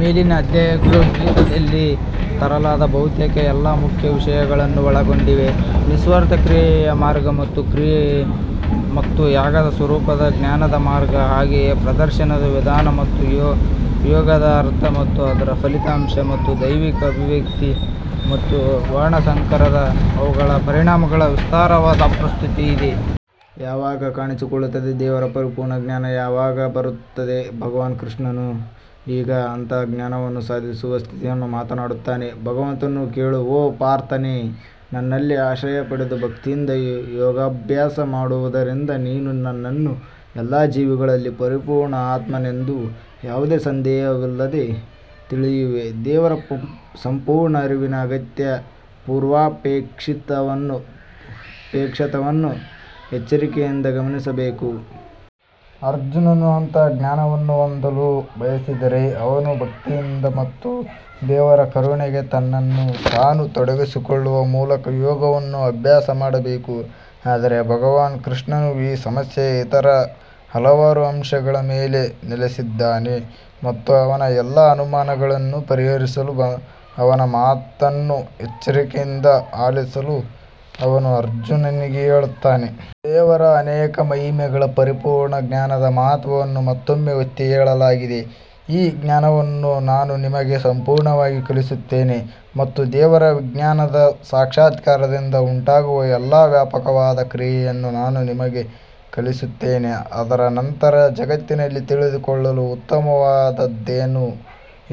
ಮೇಲಿನ ಅಧ್ಯಾಯಗಳು ಗೀತಾದಲ್ಲಿ ತರಲಾದ ಬಹುತೇಕ ಎಲ್ಲಾ ಮುಖ್ಯ ವಿಷಯಗಳನ್ನು ಒಳಗೊಂಡಿವೆ ನಿಸ್ವಾರ್ಥ ಕ್ರಿಯೆಯ ಮಾರ್ಗ ಮತ್ತು ಕ್ರಿಯೆ ಮತ್ತು ಯಾಗದ ಸ್ವರೂಪದ ಜ್ಞಾನದ ಮಾರ್ಗ ಹಾಗೆಯೇ ಪ್ರದರ್ಶನದ ವಿಧಾನ ಮತ್ತು ಯೋಗದ ಅರ್ಥ ಮತ್ತು ಅದರ ಫಲಿತಾಂಶ ಮತ್ತು ದೈವಿಕ ಅಭಿವ್ಯಕ್ತಿ ಮತ್ತು ವರ್ಣಸಂಕರದ ಅವುಗಳ ಪರಿಣಾಮಗಳ ವಿಸ್ತಾರವಾದ ಪ್ರಸ್ತುತಿ ಇದೆ. ಯಾವಾಗ ಕಾಣಿಸಿಕೊಳ್ಳುತ್ತದೆ ದೇವರ ಪರಿಪೂರ್ಣ ಜ್ಞಾನ ಯಾವಾಗ ಬರುತ್ತದೆ ಭಗವಾನ್ ಕೃಷ್ಣನು ಈಗ ಅಂತಹ ಜ್ಞಾನವನ್ನು ಸಾಧಿಸುವ ಸ್ಥಿತಿಯನ್ನು ಮಾತನಾಡುತ್ತಾನೆ ಭಗವಂತನು ಕೇಳು ಓ ಪಾರ್ಥನೇ ನನ್ನಲ್ಲಿ ಆಶ್ರಯ ಪಡೆದು ಭಕ್ತಿಯಿಂದ ಯೋಗಾಭ್ಯಾಸ ಮಾಡುವುದರಿಂದ ನೀನು ನನ್ನನ್ನು ಎಲ್ಲಾ ಜೀವಿಗಳಲ್ಲಿ ಪರಿಪೂರ್ಣ ಆತ್ಮನೆಂದು ಯಾವುದೇ ಸಂದೇಹವಿಲ್ಲದೆ ತಿಳಿಯುವೆ ದೇವರ ಸಂಪೂರ್ಣ ಅರಿವಿನ ಅಗತ್ಯ ಪೂರ್ವಾಪೇಕ್ಷಿತವನ್ನು ಎಚ್ಚರಿಕೆಯಿಂದ ಗಮನಿಸಬೇಕು. ಅರ್ಜುನನು ಅಂತಹ ಜ್ಞಾನವನ್ನು ಹೊಂದಲು ಬಯಸಿದರೆ ಅವನು ಭಕ್ತಿಯಿಂದ ಮತ್ತು ದೇವರ ಕರುಣೆಗೆ ತನ್ನನ್ನು ತಾನು ತೊಡಗಿಸಿಕೊಳ್ಳುವ ಮೂಲಕ ಯೋಗವನ್ನು ಅಭ್ಯಾಸ ಮಾಡಬೇಕು. ಆದರೆ ಭಗವಾನ್ ಕೃಷ್ಣನು ಈ ಸಮಸ್ಯೆಯ ಇತರ ಹಲವಾರು ಅಂಶಗಳ ಮೇಲೆ ನೆಲೆಸಲಿದ್ದಾನೆ ಮತ್ತು ಅವನ ಎಲ್ಲಾ ಅನುಮಾನಗಳನ್ನು ಪರಿಹರಿಸಲು ಅವನ ಮಾತನ್ನು ಎಚ್ಚರಿಕೆಯಿಂದ ಆಲಿಸಲು ಅವನು ಅರ್ಜುನನಿಗೆ ಹೇಳುತ್ತಾನೆ. ದೇವರ ಅನೇಕ ಮಹಿಮೆಗಳ ಪರಿಪೂರ್ಣ ಜ್ಞಾನದ ಮಹತ್ವವನ್ನು ಮತ್ತೊಮ್ಮೆ ಒತ್ತಿಹೇಳಲಾಗಿದೆ ಈ ಜ್ಞಾನವನ್ನು ನಾನು ನಿಮಗೆ ಸಂಪೂರ್ಣವಾಗಿ ಕಲಿಸುತ್ತೇನೆ ಮತ್ತು ದೇವರ ವಿಜ್ಞಾನದ ಸಾಕ್ಷಾತ್ಕಾರದಿಂದ ಉಂಟಾಗುವ ಎಲ್ಲಾ ವ್ಯಾಪಕವಾದ ಕ್ರಿಯೆಯನ್ನು ನಾನು ನಿಮಗೆ ಕಲಿಸುತ್ತೇನೆ ಅದರ ನಂತರ ಜಗತ್ತಿನಲ್ಲಿ ತಿಳಿದುಕೊಳ್ಳಲು ಉತ್ತಮವಾದದ್ದೇನೂ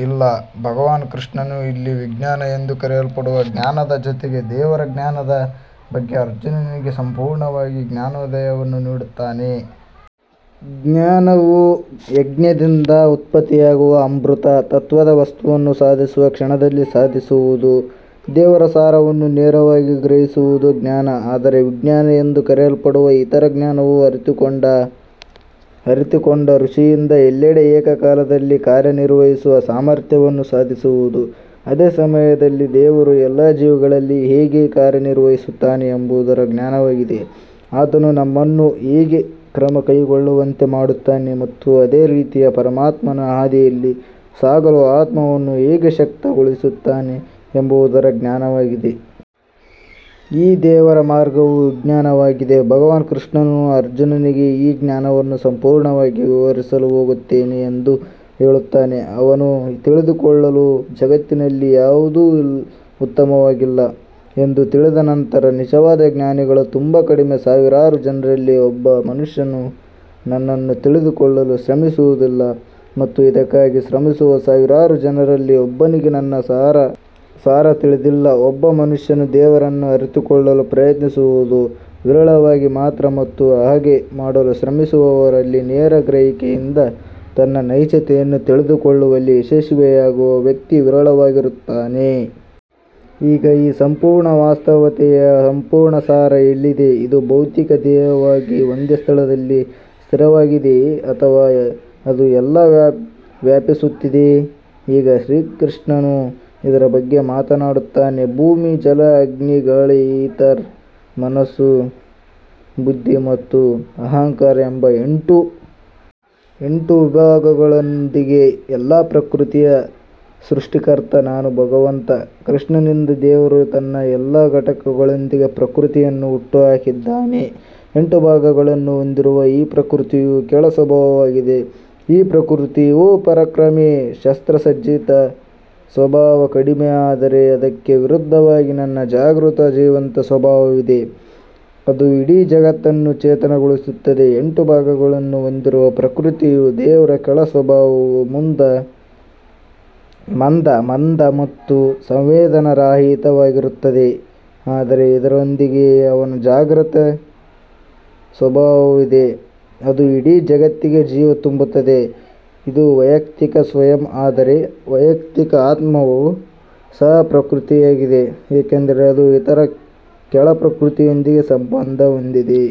ಇಲ್ಲ. ಭಗವಾನ್ ಕೃಷ್ಣನು ಇಲ್ಲಿ ವಿಜ್ಞಾನ ಎಂದು ಕರೆಯಲ್ಪಡುವ ಜ್ಞಾನದ ಜೊತೆಗೆ ದೇವರ ಜ್ಞಾನದ ಬಗ್ಗೆ ಅರ್ಜುನನಿಗೆ ಸಂಪೂರ್ಣವಾಗಿ ಜ್ಞಾನೋದಯವನ್ನು ನೀಡುತ್ತಾನೆ. ಜ್ಞಾನವು ಯಜ್ಞದಿಂದ ಉತ್ಪತ್ತಿಯಾಗುವ ಅಮೃತ ತತ್ವದ ವಸ್ತುವನ್ನು ಸಾಧಿಸುವ ಕ್ಷಣದಲ್ಲಿ ಸಾಧಿಸುವುದು. ದೇವರ ಸಾರವನ್ನು ನೇರವಾಗಿ ಗ್ರಹಿಸುವುದು ಜ್ಞಾನ ಆದರೆ ವಿಜ್ಞಾನ ಎಂದು ಕರೆಯಲ್ಪಡುವ ಇತರ ಜ್ಞಾನವು ಅರಿತುಕೊಂಡ ಋಷಿಯಿಂದ ಎಲ್ಲೆಡೆ ಏಕಕಾಲದಲ್ಲಿ ಕಾರ್ಯನಿರ್ವಹಿಸುವ ಸಾಮರ್ಥ್ಯವನ್ನು ಸಾಧಿಸುವುದು. ಅದೇ ಸಮಯದಲ್ಲಿ ದೇವರು ಎಲ್ಲಾ ಜೀವಿಗಳಲ್ಲಿ ಹೇಗೆ ಕಾರ್ಯನಿರ್ವಹಿಸುತ್ತಾನೆ ಎಂಬುದರ ಜ್ಞಾನವಾಗಿದೆ ಆತನು ನಮ್ಮನ್ನು ಹೇಗೆ ಕ್ರಮ ಕೈಗೊಳ್ಳುವಂತೆ ಮಾಡುತ್ತಾನೆ ಮತ್ತು ಅದೇ ರೀತಿಯ ಪರಮಾತ್ಮನ ಹಾದಿಯಲ್ಲಿ ಸಾಗಲು ಆತ್ಮವನ್ನು ಹೇಗೆ ಶಕ್ತಗೊಳಿಸುತ್ತಾನೆ ಎಂಬುದರ ಜ್ಞಾನವಾಗಿದೆ. ಈ ದೇವರ ಮಾರ್ಗವು ವಿಜ್ಞಾನವಾಗಿದೆ ಭಗವಾನ್ ಕೃಷ್ಣನು ಅರ್ಜುನನಿಗೆ ಈ ಜ್ಞಾನವನ್ನು ಸಂಪೂರ್ಣವಾಗಿ ವಿವರಿಸಲು ಹೋಗುತ್ತೇನೆ ಎಂದು ಹೇಳುತ್ತಾನೆ ಅವನು ತಿಳಿದುಕೊಳ್ಳಲು ಜಗತ್ತಿನಲ್ಲಿ ಯಾವುದೂ ಉತ್ತಮವಾಗಿಲ್ಲ ಎಂದು ತಿಳಿದ ನಂತರ ನಿಜವಾದ ಜ್ಞಾನಿಗಳು ತುಂಬಾ ಕಡಿಮೆ ಸಾವಿರಾರು ಜನರಲ್ಲಿ ಒಬ್ಬ ಮನುಷ್ಯನು ನನ್ನನ್ನು ತಿಳಿದುಕೊಳ್ಳಲು ಶ್ರಮಿಸುವುದಿಲ್ಲ ಮತ್ತು ಇದಕ್ಕಾಗಿ ಶ್ರಮಿಸುವ ಸಾವಿರಾರು ಜನರಲ್ಲಿ ಒಬ್ಬನಿಗೆ ನನ್ನ ಸಾರ ತಿಳಿದಿಲ್ಲ ಒಬ್ಬ ಮನುಷ್ಯನು ದೇವರನ್ನು ಅರಿತುಕೊಳ್ಳಲು ಪ್ರಯತ್ನಿಸುವುದು ವಿರಳವಾಗಿ ಮಾತ್ರ ಮತ್ತು ಹಾಗೆ ಮಾಡಲು ಶ್ರಮಿಸುವವರಲ್ಲಿ ನೇರ ಗ್ರಹಿಕೆಯಿಂದ ತನ್ನ ನೈಜತೆಯನ್ನು ತಿಳಿದುಕೊಳ್ಳುವಲ್ಲಿ ಯಶಸ್ವಿಯಾಗುವ ವ್ಯಕ್ತಿ ವಿರಳವಾಗಿರುತ್ತಾನೆ. ಈಗ ಈ ಸಂಪೂರ್ಣ ವಾಸ್ತವತೆಯ ಸಂಪೂರ್ಣ ಸಾರ ಎಲ್ಲಿದೆ ಇದು ಭೌತಿಕ ದೇಹವಾಗಿ ಒಂದೇ ಸ್ಥಳದಲ್ಲಿ ಸ್ಥಿರವಾಗಿದೆಯೇ ಅಥವಾ ಅದು ಎಲ್ಲಾ ವ್ಯಾಪಿಸುತ್ತಿದೆಯೇ? ಈಗ ಶ್ರೀಕೃಷ್ಣನು ಇದರ ಬಗ್ಗೆ ಮಾತನಾಡುತ್ತಾನೆ ಭೂಮಿ ಜಲ ಅಗ್ನಿ ಗಾಳಿ ಈಥರ್ ಮನಸ್ಸು ಬುದ್ಧಿ ಮತ್ತು ಅಹಂಕಾರ ಎಂಬ ಎಂಟು ವಿಭಾಗಗಳೊಂದಿಗೆ ಎಲ್ಲಾ ಪ್ರಕೃತಿಯ ಸೃಷ್ಟಿಕರ್ತ ನಾನು ಭಗವಂತ ಕೃಷ್ಣನಿಂದ ದೇವರು ತನ್ನ ಎಲ್ಲಾ ಘಟಕಗಳೊಂದಿಗೆ ಪ್ರಕೃತಿಯನ್ನು ಹುಟ್ಟುಹಾಕಿದ್ದಾನೆ ಎಂಟು ಭಾಗಗಳನ್ನು ಹೊಂದಿರುವ ಈ ಪ್ರಕೃತಿಯು ಕೆಳ ಸ್ವಭಾವವಾಗಿದೆ ಈ ಪ್ರಕೃತಿ ಓ ಪರಾಕ್ರಮಿ ಶಸ್ತ್ರಸಜ್ಜಿತ ಸ್ವಭಾವ ಕಡಿಮೆ ಆದರೆ ಅದಕ್ಕೆ ವಿರುದ್ಧವಾಗಿ ನನ್ನ ಜಾಗೃತ ಜೀವಂತ ಸ್ವಭಾವವಿದೆ ಅದು ಇಡೀ ಜಗತ್ತನ್ನು ಚೇತನಗೊಳಿಸುತ್ತದೆ ಎಂಟು ಭಾಗಗಳನ್ನು ಹೊಂದಿರುವ ಪ್ರಕೃತಿಯು ದೇವರ ಕೆಳ ಸ್ವಭಾವವು ಮಂದ ಮತ್ತು ಸಂವೇದನಾರಹಿತವಾಗಿರುತ್ತದೆ ಆದರೆ ಇದರೊಂದಿಗೆ ಅವನ ಜಾಗೃತ ಸ್ವಭಾವವಿದೆ ಅದು ಇಡೀ ಜಗತ್ತಿಗೆ ಜೀವ ತುಂಬುತ್ತದೆ ಇದು ವೈಯಕ್ತಿಕ ಸ್ವಯಂ ಆದರೆ ವೈಯಕ್ತಿಕ ಆತ್ಮವು ಸಹ ಪ್ರಕೃತಿಯಾಗಿದೆ ಏಕೆಂದರೆ ಅದು ಇತರ ಕೆಳ ಪ್ರಕೃತಿಯೊಂದಿಗೆ ಸಂಬಂಧ ಹೊಂದಿದೆ.